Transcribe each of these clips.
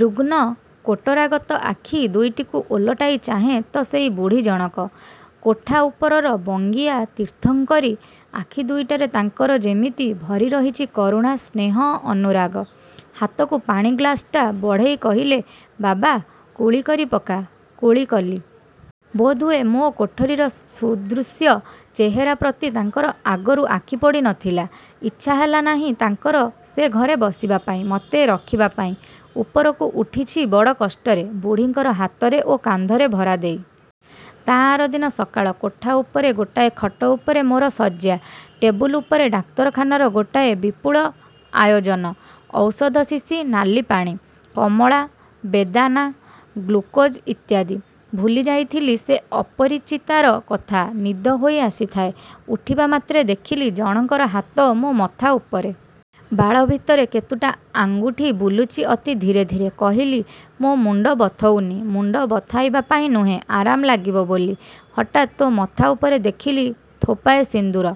ରୁଗ୍ଣ କୋଟରାଗତ ଆଖି ଦୁଇଟିକୁ ଓଲଟାଇ ଚାହେଁ ତ ସେଇ ବୁଢ଼ୀ ଜଣକ-କୋଠା ଉପରର ବଙ୍ଗୀୟା ତୀର୍ଥଙ୍କରୀ। ଆଖି ଦୁଇଟାରେ ତାଙ୍କର ଯେମିତି ଭରିରହଚି କରୁଣା, ସ୍ନେହ ଅନୁରାଗ। ହାତକୁ ପାଣି ଗ୍ଳାସଟା ବଢ଼େଇ କହିଲେ, ''ବାବା, କୁଳି କରି ପକା। '' କୁଳି କଲି। ବୋଧହୁଏ ମୋ କୋଠରୀର ସୁଦୃଶ୍ୟ ଚେହେରା ପ୍ରତି ତାଙ୍କର ଆଗରୁ ଆଖି ପଡ଼ି ନ ଥିଲା। ଇଚ୍ଛା ହେଲା ନାହିଁ ତାଙ୍କର ସେ ଘରେ ବସିବା ପାଇଁ, ମତେ ରଖିବା ପାଇଁ। ଉପରକୁ ଉଠିଛି ବଡ଼ କଷ୍ଟରେ ବୁଢ଼ୀଙ୍କର ହାତରେ ଓ କାନ୍ଧରେ ଭରା ଦେଇ। ତା ଆରଦିନ ସକାଳ। କୋଠା ଉପରେ ଗୋଟାଏ ଖଟ ଉପରେ ମୋର ଶଯ୍ୟା, ଟେବୁଲ ଉପରେ ଡାକ୍ତରଖାନାର ଗୋଟାଏ ବିପୁଳ ଆୟୋଜନ। ଔଷଧ ଶିଶି, ନାଲି ପାଣି। କମଳା, ବେଦାନା, ଗ୍ଳୁକୋଜ ଇତ୍ୟାଦି। ଭୁଲି ଯାଇଥିଲି ସେ ଅପରିଚିତାର କଥା। ନିଦ ହୋଇ ଆସିଥାଏ। ଉଠିବାମାତ୍ରେ ଦେଖିଲି, ଜଣଙ୍କର ହାତ ମୋ ମଥା ଉପରେ। ବାଳ ଭିତରେ କେତୁଟା ଆଙ୍ଗୁଠି ବୁଲୁଚି ଅତି ଧୀରେ ଧୀରେ। କହିଲି, ମୋ ମୁଣ୍ଡ ବଥଉନି! -ମୁଣ୍ଡ ବଥାଇବା ପାଇଁ ନୁହେଁ, ଆରାମ ଲାଗିବ ବୋଲି। ହଠାତ୍ ତୋ ମଥା ଉପରେ ଦେଖିଲି ଥୋପାଏ ସିନ୍ଦୁର।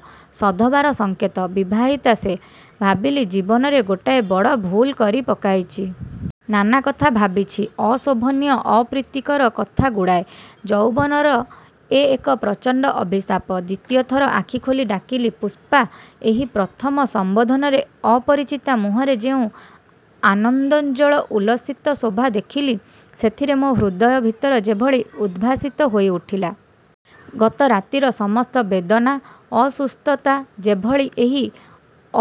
ସଧବାର ସଙ୍କେତ, ବିବାହିତା ସେ। ଭାବିଲି, ଜୀବନରେ ଗୋଟାଏ ବଡ଼ ଭୁଲକରି ପକାଇଚି। ନାନା କଥା ଭାବିଛି। ଅଶୋଭନୀୟ, ଅପ୍ରୀତିକର କଥାଗୁଡ଼ାଏ। ଯୌବନର ଏ ଏକ ପ୍ରଚଣ୍ଡ ଅଭିଶାପ। ଦ୍ୱିତୀୟ ଥର ଆଖି ଖୋଲି ଡାକିଲି-ପୁଷ୍ପା! ଏହି ପ୍ରଥମ ସମ୍ବୋଧନରେ ଅପରିଚିତା ମୁହଁରେ ଯେଉଁ ଆନନ୍ଦୋଜ୍ଜ୍ୱଳ ଉଲ୍ଲସିତ ଶୋଭା ଦେଖିଲି, ସେଥିରେ ମୋ ହୃଦୟ ଭିତର ଯେଭଳି ଉଦ୍ଭାସିତ ହୋଇଉଠିଲା। ଗତ ରାତିର ସମସ୍ତ ବେଦନା ଅସୁସ୍ଥତା ଯେଭଳି ଏହି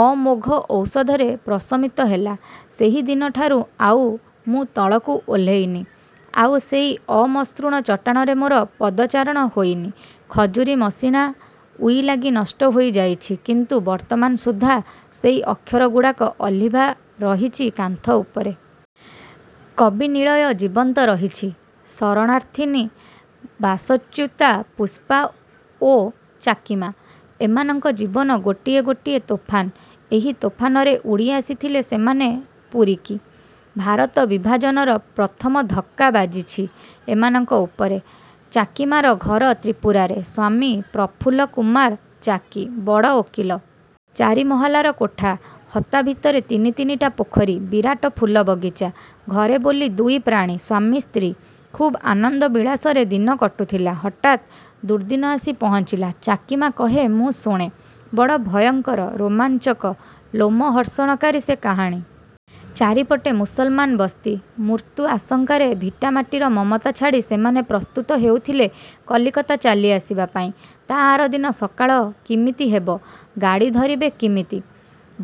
ଅମୋଘ ଔଷଧରେ ପ୍ରଶମିତ ହେଲା। ସେହିଦିନଠାରୁ ଆଉ ମୁଁ ତଳକୁ ଓହ୍ଲେଇନି। ଆଉ ସେଇ ଅମସୃଣ ଚଟାଣରେ ମୋର ପଦଚାରଣ ହୋଇନି। ଖଜୁରୀ ମଶିଣା ଉଇ ଲାଗି ନଷ୍ଟ ହୋଇଯାଇଛି। କିନ୍ତୁ ବର୍ତ୍ତମାନ ସୁଦ୍ଧା ସେଇ ଅକ୍ଷରଗୁଡ଼ାକ ଅଲିଭା ରହିଛି କାନ୍ଥ ଉପରେ। ''କବିନିଳୟ'' ଜୀବନ୍ତ ରହିଛି। ଶରଣାର୍ଥିନୀ ବାସଚ୍ୟୁତା ପୁଷ୍ପା ଓ ଚାକୀମା। ଏମାନଙ୍କ ଜୀବନ ଗୋଟିଏ ଗୋଟିଏ ତୋଫାନ। ଏହି ତୋଫାନରେ ଉଡ଼ି ଆସିଥିଲେ ସେମାନେ ପୁରୀକି। ଭାରତ ବିଭାଜନର ପ୍ରଥମ ଧକ୍କା ବାଜିଛି ଏମାନଙ୍କ ଉପରେ। ଚାକୀମାର ଘର ତ୍ରିପୁରାରେ। ସ୍ୱାମୀ ପ୍ରଫୁଲ୍ଲକୁମାର ଚାକୀ। ବଡ଼ ଓକିଲ। ଚାରି ମହଲାର କୋଠା। ହତା ଭିତରେ ତିନି ତିନିଟା ପୋଖରୀ। ବିରାଟ ଫୁଲବଗିଚା। ଘରେ ବୋଲି ଦୁଇ ପ୍ରାଣୀ। ସ୍ୱାମୀ ସ୍ତ୍ରୀ। ଖୁବ୍ ଆନନ୍ଦ ବିଳାସରେ ଦିନ କଟୁଥିଲା। ହଠାତ୍ ଦୁର୍ଦ୍ଦିନ ଆସି ପହଞ୍ଚିଲା। ଚାକୀମା କହେ, ମୁଁ ଶୁଣେ। ବଡ଼ ଭୟଙ୍କର, ରୋମାଞ୍ଚକ, ଲୋମହର୍ଷଣକାରୀ ସେ କାହାଣୀ। ଚାରିପଟେ ମୁସଲମାନ ବସ୍ତି। ମୃତ୍ୟୁ-ଆଶଙ୍କାରେ ଭିଟାମାଟିର ମମତା ଛାଡ଼ି ସେମାନେ ପ୍ରସ୍ତୁତ ହେଉଥିଲେ କଲିକତା ଚାଲିଆସିବା ପାଇଁ। ତା ଆରଦିନ ସକାଳ କିମିତି ହେବ, ଗାଡ଼ି ଧରିବେ କିମିତି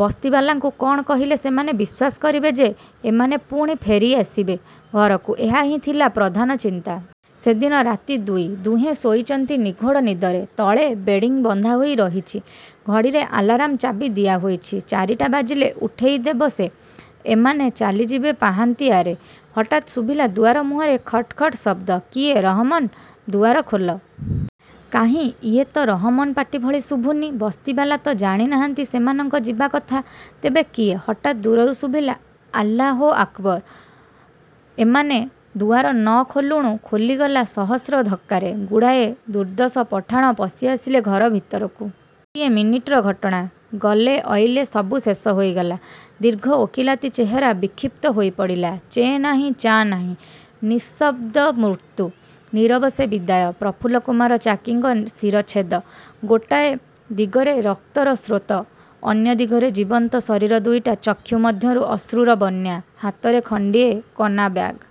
ବସ୍ତିବାଲାଙ୍କୁ କ'ଣ କହିଲେ ସେମାନେ ବିଶ୍ୱାସ କରିବେ ଯେ ଏମାନେ ପୁଣି ପେରିଆସିବେ ଘରକୁ-ଏହା ହିଁ ଥିଲା ପ୍ରଧାନ ଚିନ୍ତା-। ସେଦିନ ରାତି ଦୁଇ। ଦୁହେଁ ଶୋଇଚନ୍ତି ନିଘୋଡ଼ ନିଦରେ। ତଳେ ବେଡ଼ିଂ ବନ୍ଧା ହୋଇ ରହିଛି। ଘଡ଼ିରେ ଆଲାରାମ ଚାବି ଦିଆହୋଇଛି, ଚାରିଟା ବାଜିଲେ ଉଠେଇଦେବ ସେ। ଏମାନେ ଚାଲିଯିବେ ପାହାନ୍ତିଆରେ। ହଠାତ୍ ଶୁଭିଲା ଦୁଆର ମୁହଁରେ ଖଟ୍ ଖଟ୍ ଶବ୍ଦ। କିଏ, ରହମନ୍? ଦୁଆର ଖୋଲ। କାହିଁ ଇଏତ ରହମନ ପାଟି ଭଳି ଶୁଭୁନି। ବସ୍ତିବାଲା ତ ଜାଣି ନାହାନ୍ତି ସେମାନଙ୍କ ଯିବା କଥା। ତେବେ କିଏ? ହଠାତ୍ ଦୂରରୁ ଶୁଭିଲା-ଆଲ୍ଲା ହୋ ଆକ୍ବର। ଏମାନେ ଦୁଆର ନ ଖୋଲୁଣୁ ଖୋଲିଗଲା ସହସ୍ର ଧକ୍କାରେ। ଗୁଡ଼ାଏ ଦୁଦ୍ଧର୍ଷ ପଠାଣ ପଶିଆସିଲେ ଘର ଭିତରକୁ-। ଗୋଟିଏ ମିନିଟର ଘଟଣା। ଗଲେ, ଅଇଲେ, ସବୁ ଶେଷ ହୋଇଗଲା। ଦୀର୍ଘ ଓକିଲାତି ଚେହେରା ବିକ୍ଷିପ୍ତ ହୋଇପଡ଼ିଲା। ଚେଁ ନାହିଁ, ଚାଁ ନାହିଁ, ନିଃଶବ୍ଦ ମୃତ୍ୟୁ। ନୀରବ ସେ ବିଦାୟ। ପ୍ରଫୁଲ୍ଲକୁମାର ଚାକୀଙ୍କ ଶିରଛେଦ। ଗୋଟାଏ ଦିଗରେ ରକ୍ତର ସ୍ରୋତ, ଅନ୍ୟ ଦିଗରେ ଜୀବନ୍ତ ଶରୀର ଦୁଇଟା ଚକ୍ଷୁ ମଧ୍ୟରୁ ଅଶ୍ରୁର ବନ୍ୟା। ହାତରେ ଖଣ୍ଡିଏ କନାବ୍ୟାଗ।